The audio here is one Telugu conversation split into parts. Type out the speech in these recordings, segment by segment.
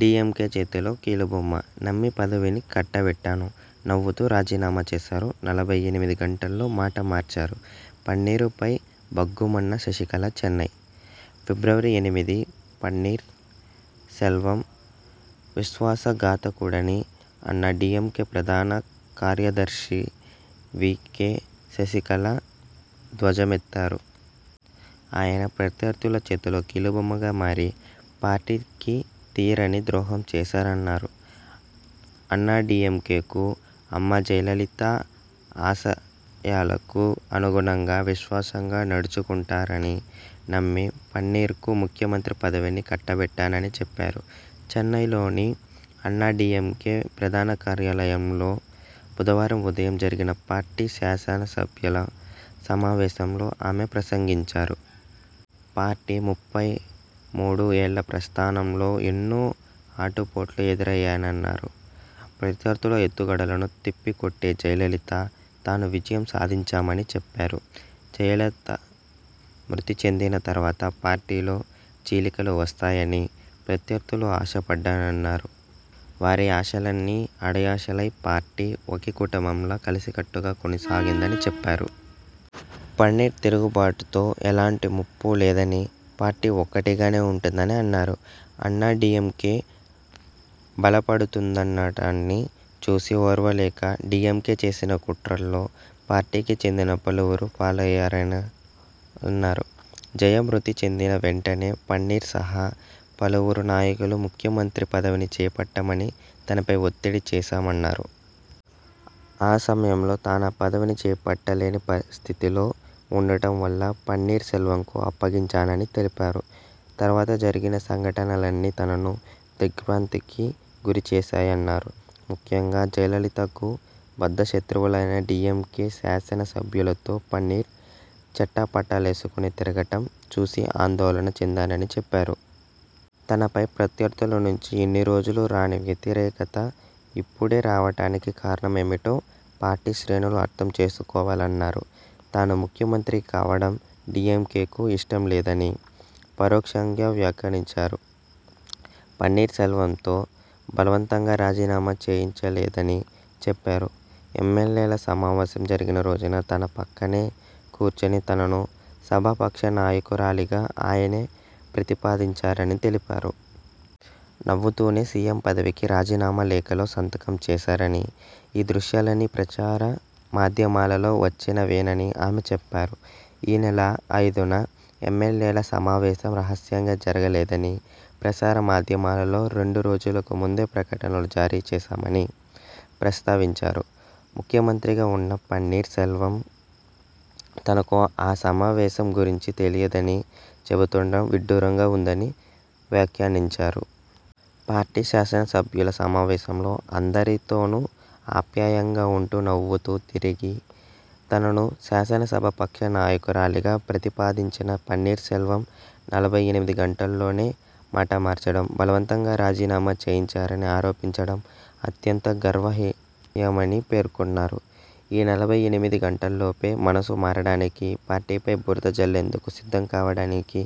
డీఎంకే చేతిలో కీలుబొమ్మ నమ్మి పదవిని కట్టబెట్టాను నవ్వుతూ రాజీనామా చేశారు నలభై ఎనిమిది గంటల్లో మాట మార్చారు పన్నీరు పై భగ్గుమన్న శశికళ చెన్నై, ఫిబ్రవరి ఎనిమిది పన్నీర్ సెల్వం విశ్వాస ఘాతకుడని అన్నా డీఎంకే ప్రధాన కార్యదర్శి వీ కే శశికళ ధ్వజమెత్తారు. ఆయన ప్రత్యర్థుల చేతిలో కీలుబొమ్మలా మారి పార్టీకి తీరని ద్రోహం చేశారన్నారు. అన్నాడీఎంకేకు, అమ్మ జయలలిత ఆశయాలకు అనుగుణంగా, విశ్వాసంగా నడచుకుంటారని నమ్మి పన్నీర్ కు ముఖ్యమంత్రి పదవిని కట్టబెట్టానని చెప్పారు. చెన్నైలోని అన్నాడీఎంకే ప్రధాన కార్యాలయంలో బుధవారం ఉదయం జరిగిన పార్టీ శాసనసభ్యుల సమావేశంలో ఆమె ప్రసంగించారు. పార్టీ ముప్పై మూడు ఏళ్ల ప్రస్థానంలో ఎన్నో ఆటుపోట్లు ఎదురయ్యాయన్నారు. ప్రత్యర్థుల ఎత్తుగడలను తిప్పికొట్టి జయలలిత, తాను విజయం సాధించామని చెప్పారు. జయ మృతి చెందిన తర్వాత పార్టీలో చీలికలు వస్తాయని ప్రత్యర్థులు ఆశ పడ్డారన్నారు. వారి ఆశలన్నీ అడియాసలై పార్టీ ఒకే కుటుంబంలా కలసికట్టుగా కొనసాగిందని చెప్పారు. పన్నీర్ తిరుగుబాటుతో ఎలాంటి ముప్పూ లేదని, పార్టీ ఒక్కటిగానే ఉంటుందని అన్నారు. అన్నాడీఎంకే బలపడుతుండటాన్ని చూసి ఓర్వలేక డీఎంకే చేసిన కుట్రల్లో పార్టీకి చెందిన పలువురు పావులయ్యారన్నారు. జయ మృతి చెందిన వెంటనే పన్నీర్ సహా పలువురు నాయకులు ముఖ్యమంత్రి పదవిని చేపట్టమని తనపై ఒత్తిడి చేశారన్నారు. ఆ సమయంలో తానా పదవిని చేపట్టలేని స్థితిలో ఉండటం వల్ల పన్నీర్ సెల్వంకు అప్పగించానని తెలిపారు. తర్వాత జరిగిన సంఘటనలన్నీ తనను దిగ్ర్భాంతికి గురి చేశాయన్నారు. ముఖ్యంగా జయలలితకు బద్ధ శత్రువులైన డీఎంకే శాసన సభ్యులతో పన్నీర్ చెట్టాపట్టాలేసుకుని తిరగటం చూసి ఆందోళన చెందానని చెప్పారు. తనపై ప్రత్యర్థుల నుంచి ఇన్ని రోజులూ రాని వ్యతిరేకత ఇప్పుడే రావటానికి కారణమేమిటో పార్టీ శ్రేణులు అర్థం చేసుకోవాలన్నారు. తాను ముఖ్యమంత్రి కావడం డీఎంకేకు ఇష్టం లేదని పరోక్షంగా వ్యాఖ్యానించారు. పన్నీర్ సెల్వంతో బలవంతంగా రాజీనామా చేయించలేదని చెప్పారు. ఎమ్మెల్యేల సమావేశం జరిగిన రోజున తన పక్కనే కూర్చుని తనను సభాపక్ష నాయకురాలిగా ఆయనే ప్రతిపాదించారని తెలిపారు. నవ్వుతూనే సీఎం పదవికి రాజీనామా లేఖలో సంతకం చేశారని, ఈ దృశ్యాలన్నీ ప్రసార మాధ్యమాలలో వచ్చినవేనని ఆమె చెప్పారు. ఈ నెల ఐదున ఎమ్మెల్యేల సమావేశం రహస్యంగా జరగలేదని, ప్రసార మాధ్యమాలలో రెండు రోజులకు ముందే ప్రకటనలు జారీ చేశామని ప్రస్తావించారు. ముఖ్యమంత్రిగా ఉన్న పన్నీర్ సెల్వం తనకు ఆ సమావేశం గురించే తెలియదని చెబుతుండటం విడ్డూరంగా ఉందని వ్యాఖ్యానించారు. పార్టీ శాసన సభ్యుల సమావేశంలో అందరి తోనూ ఆప్యాయంగా ఉంటూ నవ్వుతూ తిరిగి, తనను శాసనసభా పక్ష నాయకురాలిగా ప్రతిపాదించిన పన్నీర్ సెల్వం నలభై ఎనిమిది గంటలలోనే మాట మార్చడం, బలవంతంగా రాజీనామా చేయించారని ఆరోపించటం అత్యంత గర్హనీయమని పేర్కొన్నారు. ఈ నలభై ఎనిమిది గంటలలోపే మనసు మారటానికి, పార్టీపై బురద జల్లేందుకు సిద్ధం కావటానికి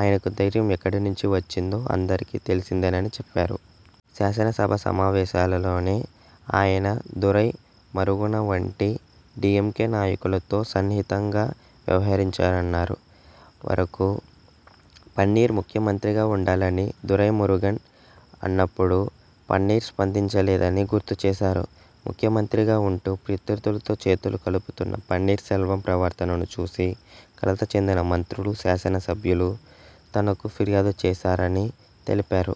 ఆయనకు ధైర్యం ఎక్కడి నుంచి వచ్చిందో అందరికీ తెలిసిందేనని చెప్పారు. శాసనసభ సమావేశాలలోనే ఆయన దురై మురుగన వంటి డీఎంకే నాయకులతో సన్నిహితంగా వ్యవహించారన్నారు. వరకు పన్నీర్ ముఖ్యమంత్రిగా ఉండాలని దురైమురుగన్ అన్నపుడు పన్నీర్ స్పందించలేదని గుర్తు చేశారు. ముఖ్యమంత్రిగా ఉంటూ ప్రత్యర్థులతో చేతులు కలుపుతున్న పన్నీర్ సెల్వం ప్రవర్తనను చూసి కలత చెందిన మంత్రులు, శాసన సభ్యులు తనకు ఫిర్యాదు చేశారని తెలిపారు.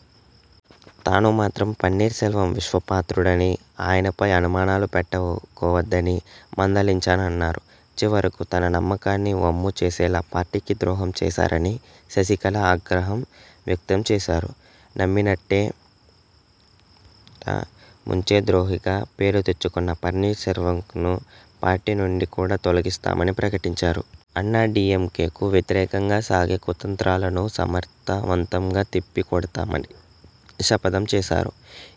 తాను మాత్రం పన్నీర్ సెల్వం విశ్వాపాత్రుడని ఆయనపై అనుమానాలు పెట్టుకోవద్దని మందలించానన్నారు. చివరకు తన నమ్మకాన్ని వమ్ము చేసేలా పార్టీకి ద్రోహం చేశారని శశికళ ఆగ్రహం వ్యక్తం చేశారు. నమ్మి నట్టేట ముంచే ద్రోహిగా పేరు తెచ్చుకున్న పన్నీర్ సెల్వంను పార్టీ నుండి కూడా తొలగిస్తామని ప్రకటించారు. అన్నాడీఎంకేకు వ్యతిరేకంగా సాగే కుతంత్రాలను సమర్థవంతంగా తిప్పి కొడతామని శపథం చేశారు.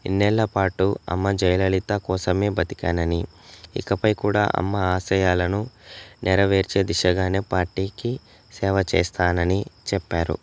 ఇన్నేళ్ల పాటు అమ్మ జయలలిత కోసమే బతికానని, ఇకపై కూడా అమ్మ ఆశయాలను నెరవేర్చే దిశగానే పార్టీకి సేవ చేస్తానని చెప్పారు.